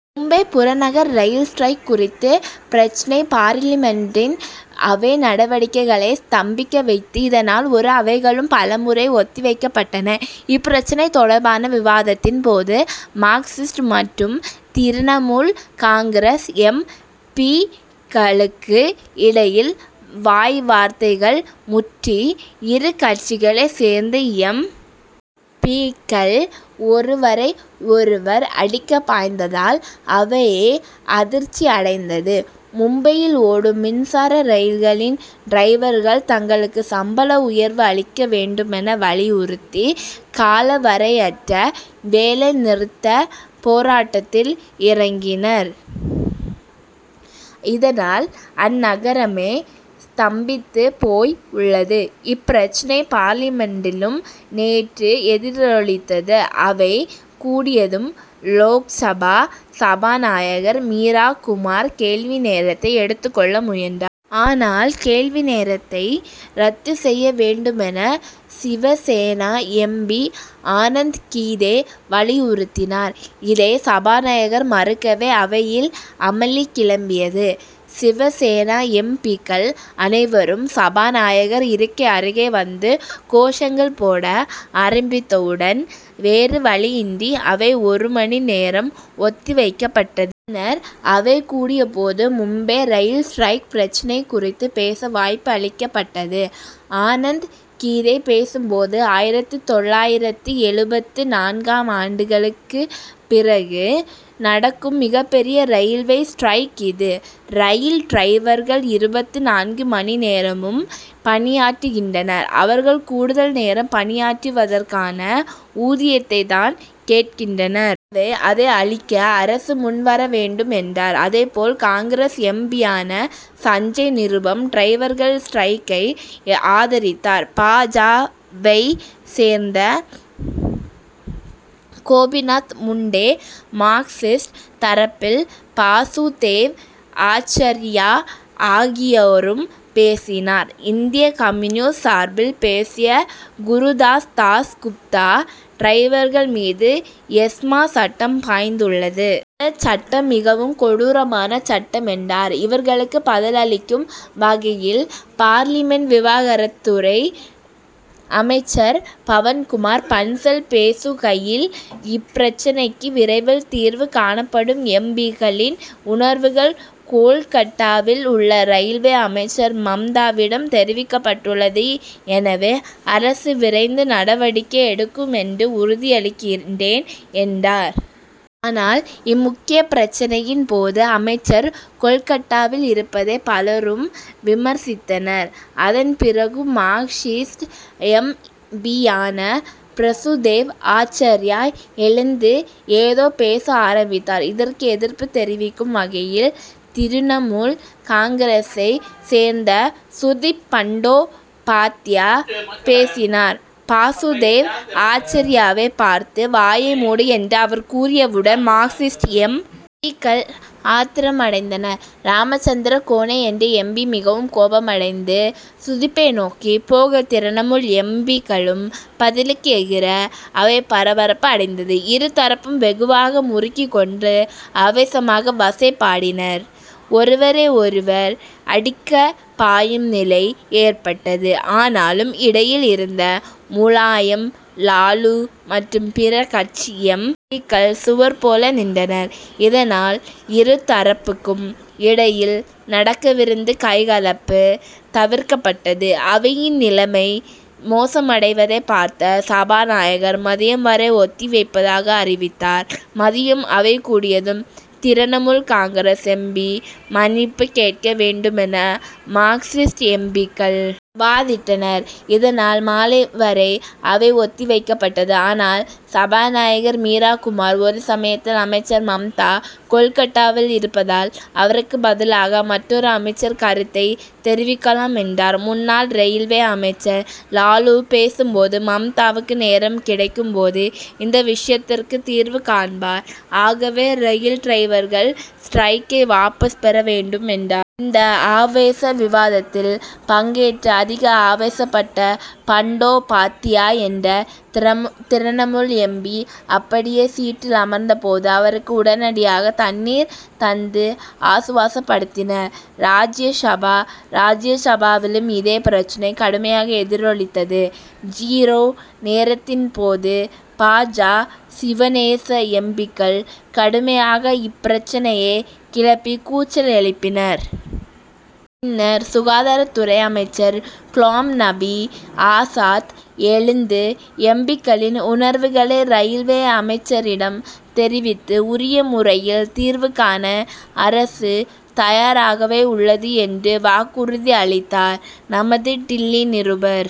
மும்பை புறநகர் rail strike குறித்த பிரச்னை பார்லிமென்டின் அவை நடவடிக்கைகளை ஸ்தம்பிக்க வைத்து. இதனால் இரு அவைகளும் பலமுறை ஒத்திவைக்கப்பட்டன. இப்பிரச்னை தொடர்பான விவாதத்தின் போது மார்க்சிஸ்ட் மற்றும் திரிணமுல் காங்கிரஸ் எம். பி.க்களுக்கு இடையில் வாய்வார்த்தைகள் முற்றி இரு கட்சிகளைச் சேர்ந்த எம். பி.க்கள் ஒருவரையொருவர் அடிக்க பாய்ந்ததால் அவையே அதிர்ச்சியடைந்தது. மும்பையில் ஓடும் மின்சார ரயில்களின் டிரைவர்கள் தங்களுக்கு சம்பள உயர்வு அளிக்க வேண்டுமென வலியுறுத்தி காலவரையற்ற வேலைநிறுத்தப் போராட்டத்தில் இறங்கினர். இதனால் அந்நகரமே ஸ்தம்பித்துப்போய் உள்ளது. இப்பிரச்னை பார்லிமென்டிலும் நேற்று எதிரொலித்தது. அவை கூடியதும் லோக்சபா சபாநாயகர் மீரா குமார் கேள்வி நேரத்தை எடுத்துக் கொள்ள முயன்றா. ஆனால் கேள்விநேரத்தை ரத்து செய்ய வேண்டுமென சிவசேனா எம். பி. ஆனந்த்கீதே வலியுறுத்தினார். இதை சபாநாயகர் மறுக்கவே அவையில் அமளி கிளம்பியது. சிவசேனா எம். பி.க்கள் அனைவரும் சபாநாயகர் இருக்கை அருகே வந்து கோஷங்கள் போட ஆரம்பித்தவுடன் வேறு வழியின்றி அவை ஒருமணி நேரம் ஒத்திவைக்கப்பட்டது. பின்னர் அவை கூடியபோது மும்பை ரயில் ஸ்டிரைக் பிரச்னை குறித்து பேச வாய்ப்பு அளிக்கப்பட்டது. ஆனந்த்கீதே பேசும்போது ஆயிரத்து தொள்ளாயிரத்து எழுபத்து நான்காம் ஆண்டுகளுக்கு பிறகு நடக்கும் மிகப்பெரிய ரயில்வே ஸ்டிரைக் இது. ரயில் டிரைவர்கள் இருபத்து நான்கு மணி நேரமும் பணியாற்றுகின்றனர். அவர்கள் கூடுதல் நேரம் பணியாற்றுவதற்கான ஊதியத்தைத்தான் கேட்கின்றனர். எனவே அதை அளிக்க அரசு முன்வரவேண்டும் என்றார். அதேபோல காங்கிரஸ் எம். பி.யான சஞ்சய் நிருபம் டிரைவர்கள் ஸ்டிரைக்கை ஆதரித்தார். பா. ஜ.வைச் சேர்ந்த கோபிநாத் முண்டே மார்க்சிஸ்ட் தரப்பில் பாசுதேவ் ஆச்சார்யா ஆகியோரும் பேசினார். இந்திய கம்யூனிஸ்ட் சார்பில் பேசிய குருதாஸ் தாஸ் குப்தா டிரைவர்கள் மீது எஸ்மா சட்டம் பாய்ந்துள்ளது. இந்த சட்டம் மிகவும் கொடூரமான சட்டம் என்றார். இவர்களுக்கு பதிலளிக்கும் வகையில் பார்லிமென்ட் விவகாரத்துறை அமைச்சர் பவன்குமார் பன்சல் பேசுகையில் இப்பிரச்னைக்கு விரைவில் தீர்வு காணப்படும். எம். பி.க்களின் உணர்வுகள் கோல்கட்டாவில் உள்ள ரயில்வே அமைச்சர் மம்தாவிடம் தெரிவிக்கப்பட்டுள்ளது. எனவே அரசு விரைந்து நடவடிக்கை எடுக்கும் என்று உறுதியளிக்கிறேன் என்றார். ஆனால் இம்முக்கிய பிரச்னையின் போது அமைச்சர் கோல்கட்டாவில் இருப்பதை பலரும் விமர்சித்தனர். அதன்பிறகும் மார்க்சிஸ்ட் எம். பி.யான பிரசுதேவ் ஆச்சார்யா எழுந்து ஏதோ பேச ஆரம்பித்தார். இதற்கு எதிர்ப்பு தெரிவிக்கும் வகையில் திரிணமுல் காங்கிரசைச் சேர்ந்த சுதிப் பண்டோபாத்யா பேசினார். பாசுதேவ் ஆச்சார்யாவைப் பார்த்து வாயை மூடு என்று அவர் கூறியவுடன் மார்க்சிஸ்ட் எம். பி.க்கள் ஆத்திரமடைந்தனர். ராமச்சந்திர கோனே என்ற எம். பி. மிகவும் கோபமடைந்து சுதிப்பை நோக்கி போக திரிணமுல் எம். பி.க்களும் பதிலுக்கு எகிற அவை பரபரப்பு அடைந்தது. இரு தரப்பும் வெகுவாக முறுக்கிக் கொண்டு ஆவேசமாக வசை பாடினர். ஒருவரையொருவர் அடிக்கப்பாயும் நிலை ஏற்பட்டது. ஆனாலும் இடையில் இருந்த முலாயம் லாலு மற்றும் பிற கட்சி எம். பி.க்கள் சுவர் போல நின்றனர். இதனால் இரு தரப்புக்கும் இடையில் நடக்கவிருந்த கைகலப்பு தவிர்க்கப்பட்டது. அவையின் நிலைமை மோசமடைவதை பார்த்த சபாநாயகர் மதியம் வரை ஒத்தி வைப்பதாக அறிவித்தார். மதியம் அவை கூடியதும் திரிணமுல் காங்கிரஸ் எம். பி. மன்னிப்பு கேட்கவேண்டுமென மார்க்சிஸ்ட் எம். பி.க்கள் வாதிட்டனர். இதனால் மாலை வரை அவை ஒத்திவைக்கப்பட்டது. ஆனால் சபாநாயகர் மீரா குமார் ஒரு சமயத்தில் அமைச்சர் மம்தா கோல்கட்டாவில் இருப்பதால் அவருக்கு பதிலாக மற்றொரு அமைச்சர் கருத்தைத் தெரிவிக்கலாம் என்றார். முன்னாள் ரயில்வே அமைச்சர் லாலு பேசும் போது மம்தாவுக்கு நேரம் கிடைக்கும் போது இந்த விஷயத்திற்கு தீர்வு காண்பார் ஆகவே ரயில் டிரைவர்கள் ஸ்டிரைக்கை வாபஸ் பெற வேண்டும் என்றார். இந்த ஆவேச விவாதத்தில் பங்கேற்று அதிக ஆவேசப்பட்ட பண்டோபாத்தியா என்ற திரிணமுல் எம். பி. அப்படியே சீட்டில் அமர்ந்தபோது அவருக்கு உடனடியாக தண்ணீர் தந்து ஆசுவாசப்படுத்தினர். ராஜ்யசபா ராஜ்யசபாவிலும் இதே பிரச்னை கடுமையாக எதிரொலித்தது. ஜீரோ நேரத்தின்போது பா. ஜ. சிவசேனா எம். பி.க்கள் கடுமையாக இப்பிரச்னையை கிளப்பி கூச்சல் எழுப்பினர். பின்னர் சுகாதாரத்துறை அமைச்சர் குலாம்நபி ஆசாத் எழுந்து எம். பி.க்களின் உணர்வுகளை ரயில்வே அமைச்சரிடம் தெரிவித்து உரிய முறையில் தீர்வுகாண அரசு தயாராகவே உள்ளது என்று வாக்குறுதி அளித்தார். நமது டில்லி நிருபர்